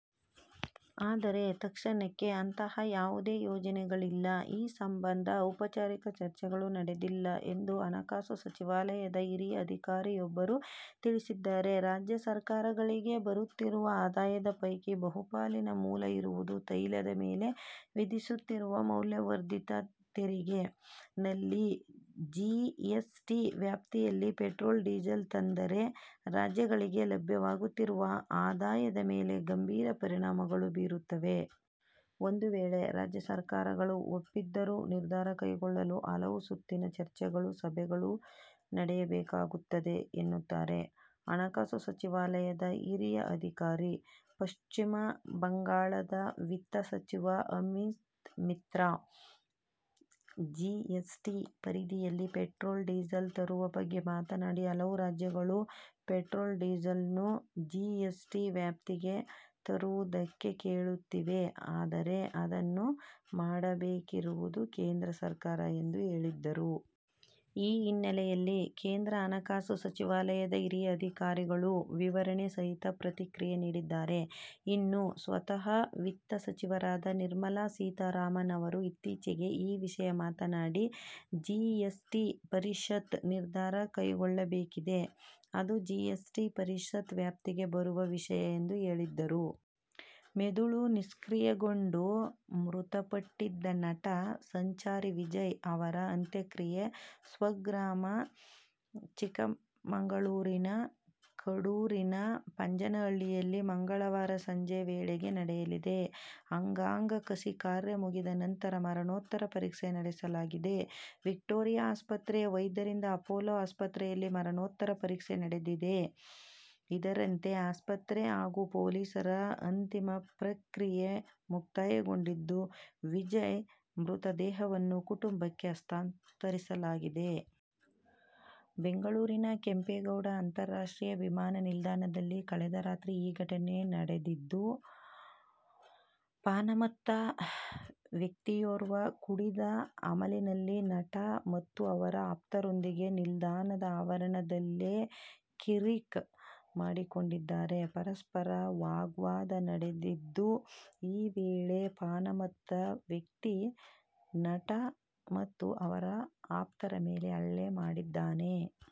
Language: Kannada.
ಆದರೆ ತಕ್ಷಣಕ್ಕೆ ಅಂತಹ ಯಾವುದೇ ಯೋಜನೆಗಳಿಲ್ಲ. ಈ ಸಂಬಂಧ ಔಪಚಾರಿಕ ಚರ್ಚೆಗಳೂ ನಡೆದಿಲ್ಲ ಎಂದು ಹಣಕಾಸು ಸಚಿವಾಲಯದ ಹಿರಿಯ ಅಧಿಕಾರಿಯೊಬ್ಬರು ತಿಳಿಸಿದ್ದಾರೆ. ರಾಜ್ಯ ಸರ್ಕಾರಗಳಿಗೆ ಬರುತ್ತಿರುವ ಆದಾಯದ ಪೈಕಿ ಬಹುಪಾಲಿನ ಮೂಲ ಇರುವುದು ತೈಲದ ಮೇಲೆ ವಿಧಿಸುತ್ತಿರುವ ಮೌಲ್ಯ ವರ್ಧಿತ ತೆರಿಗೆ ನಲ್ಲಿ. ಜಿಎಸ್ ಟಿ ವ್ಯಾಪ್ತಿಯಲ್ಲಿ ಪೆಟ್ರೋಲ್, ಡೀಸೆಲ್ ತಂದರೆ ರಾಜ್ಯಗಳಿಗೆ ಲಭ್ಯವಾಗುತ್ತಿರುವ ಆದಾಯದ ಮೇಲೆ ಗಂಭೀರ ಪರಿಣಾಮಗಳು ಬೀರುತ್ತವೆ. ಒಂದು ವೇಳೆ ರಾಜ್ಯ ಸರ್ಕಾರಗಳು ಒಪ್ಪಿದರೂ ನಿರ್ಧಾರ ಕೈಗೊಳ್ಳಲು ಹಲವು ಸುತ್ತಿನ ಚರ್ಚೆಗಳು, ಸಭೆಗಳು ನಡೆಯಬೇಕಾಗುತ್ತದೆ ಎನ್ನುತ್ತಾರೆ ಹಣಕಾಸು ಸಚಿವಾಲಯದ ಹಿರಿಯ ಅಧಿಕಾರಿ. ಪಶ್ಚಿಮ ಬಂಗಾಳದ ವಿತ್ತ ಸಚಿವ ಅಮಿತ್ ಮಿತ್ರ ಜಿಎಸ್ ಟಿ ಪರಿಧಿಯಲ್ಲಿ ಪೆಟ್ರೋಲ್, ಡೀಸೆಲ್ ತರುವ ಬಗ್ಗೆ ಮಾತನಾಡಿ ಹಲವು ರಾಜ್ಯಗಳು ಪೆಟ್ರೋಲ್, ಡೀಸೆಲ್ ನ್ನು ಜಿಎಸ್ ಟಿ ವ್ಯಾಪ್ತಿಗೆ ತರುವುದಕ್ಕೆ ಕೇಳುತ್ತಿವೆ, ಆದರೆ ಅದನ್ನು ಮಾಡಬೇಕಿರುವುದು ಕೇಂದ್ರ ಸರ್ಕಾರ ಎಂದು ಹೇಳಿದ್ದರು. ಈ ಹಿನ್ನೆಲೆಯಲ್ಲಿ ಕೇಂದ್ರ ಹಣಕಾಸು ಸಚಿವಾಲಯದ ಹಿರಿಯ ಅಧಿಕಾರಿಗಳು ವಿವರಣೆ ಸಹಿತ ಪ್ರತಿಕ್ರಿಯೆ ನೀಡಿದ್ದಾರೆ. ಇನ್ನು ಸ್ವತಃ ವಿತ್ತ ಸಚಿವರಾದ ನಿರ್ಮಲಾ ಸೀತಾರಾಮನ್ ಅವರೂ ಇತ್ತೀಚೆಗೆ ಈ ವಿಷಯ ಮಾತನಾಡಿ, ಜಿಎಸ್ ಟಿ ಪರಿಷತ್ ನಿರ್ಧಾರ ಕೈಗೊಳ್ಳಬೇಕಿದೆ. ಅದು ಜಿಎಸ್ ಟಿ ಪರಿಷತ್ ವ್ಯಾಪ್ತಿಗೆ ಬರುವ ವಿಷಯ ಎಂದು ಹೇಳಿದ್ದರು. ಮೆದುಳು ನಿಷ್ಕ್ರಿಯಗೊಂಡು ಮೃತಪಟ್ಟಿದ್ದ ನಟ ಸಂಚಾರಿ ವಿಜಯ್ ಅವರ ಅಂತ್ಯಕ್ರಿಯೆ ಸ್ವಗ್ರಾಮ ಚಿಕ್ಕಮಗಳೂರಿನ ಕಡೂರಿನ ಪಂಚನಹಳ್ಳಿಯಲ್ಲಿ ಮಂಗಳವಾರ ಸಂಜೆ ವೇಳೆಗೆ ನಡೆಯಲಿದೆ. ಅಂಗಾಂಗ ಕಸಿ ಕಾರ್ಯ ಮುಗಿದ ನಂತರ ಮರಣೋತ್ತರ ಪರೀಕ್ಷೆ ನಡೆಸಲಾಗಿದೆ. ವಿಕ್ಟೋರಿಯಾ ಆಸ್ಪತ್ರೆಯ ವೈದ್ಯರಿಂದ ಅಪೋಲೊ ಆಸ್ಪತ್ರೆಯಲ್ಲಿ ಮರಣೋತ್ತರ ಪರೀಕ್ಷೆ ನಡೆದಿದೆ. ಇದರಂತೆ ಆಸ್ಪತ್ರೆ ಹಾಗೂ ಪೊಲೀಸರ ಅಂತಿಮ ಪ್ರಕ್ರಿಯೆ ಮುಕ್ತಾಯಗೊಂಡಿದ್ದು, ವಿಜಯ್ ಮೃತದೇಹವನ್ನು ಕುಟುಂಬಕ್ಕೆ ಹಸ್ತಾಂತರಿಸಲಾಗಿದೆ. ಬೆಂಗಳೂರಿನ ಕೆಂಪೇಗೌಡ ಅಂತಾರಾಷ್ಟ್ರೀಯ ವಿಮಾನ ನಿಲ್ದಾಣದಲ್ಲಿ ಕಳೆದ ರಾತ್ರಿ ಈ ಘಟನೆ ನಡೆದಿದ್ದು, ಪಾನಮತ್ತ ವ್ಯಕ್ತಿಯೋರ್ವ ಕುಡಿದ ಅಮಲಿನಲ್ಲಿ ನಟ ಮತ್ತು ಅವರ ಆಪ್ತರೊಂದಿಗೆ ನಿಲ್ದಾಣದ ಆವರಣದಲ್ಲೇ ಕಿರಿಕ್ ಮಾಡಿಕೊಂಡಿದ್ದಾರೆ. ಪರಸ್ಪರ ವಾಗ್ವಾದ ನಡೆದಿದ್ದು ಈ ವೇಳೆ ಪಾನಮತ್ತ ವ್ಯಕ್ತಿ ನಟ ಮತ್ತು ಅವರ ಆಪ್ತರ ಮೇಲೆ ಹಲ್ಲೆ ಮಾಡಿದ್ದಾನೆ.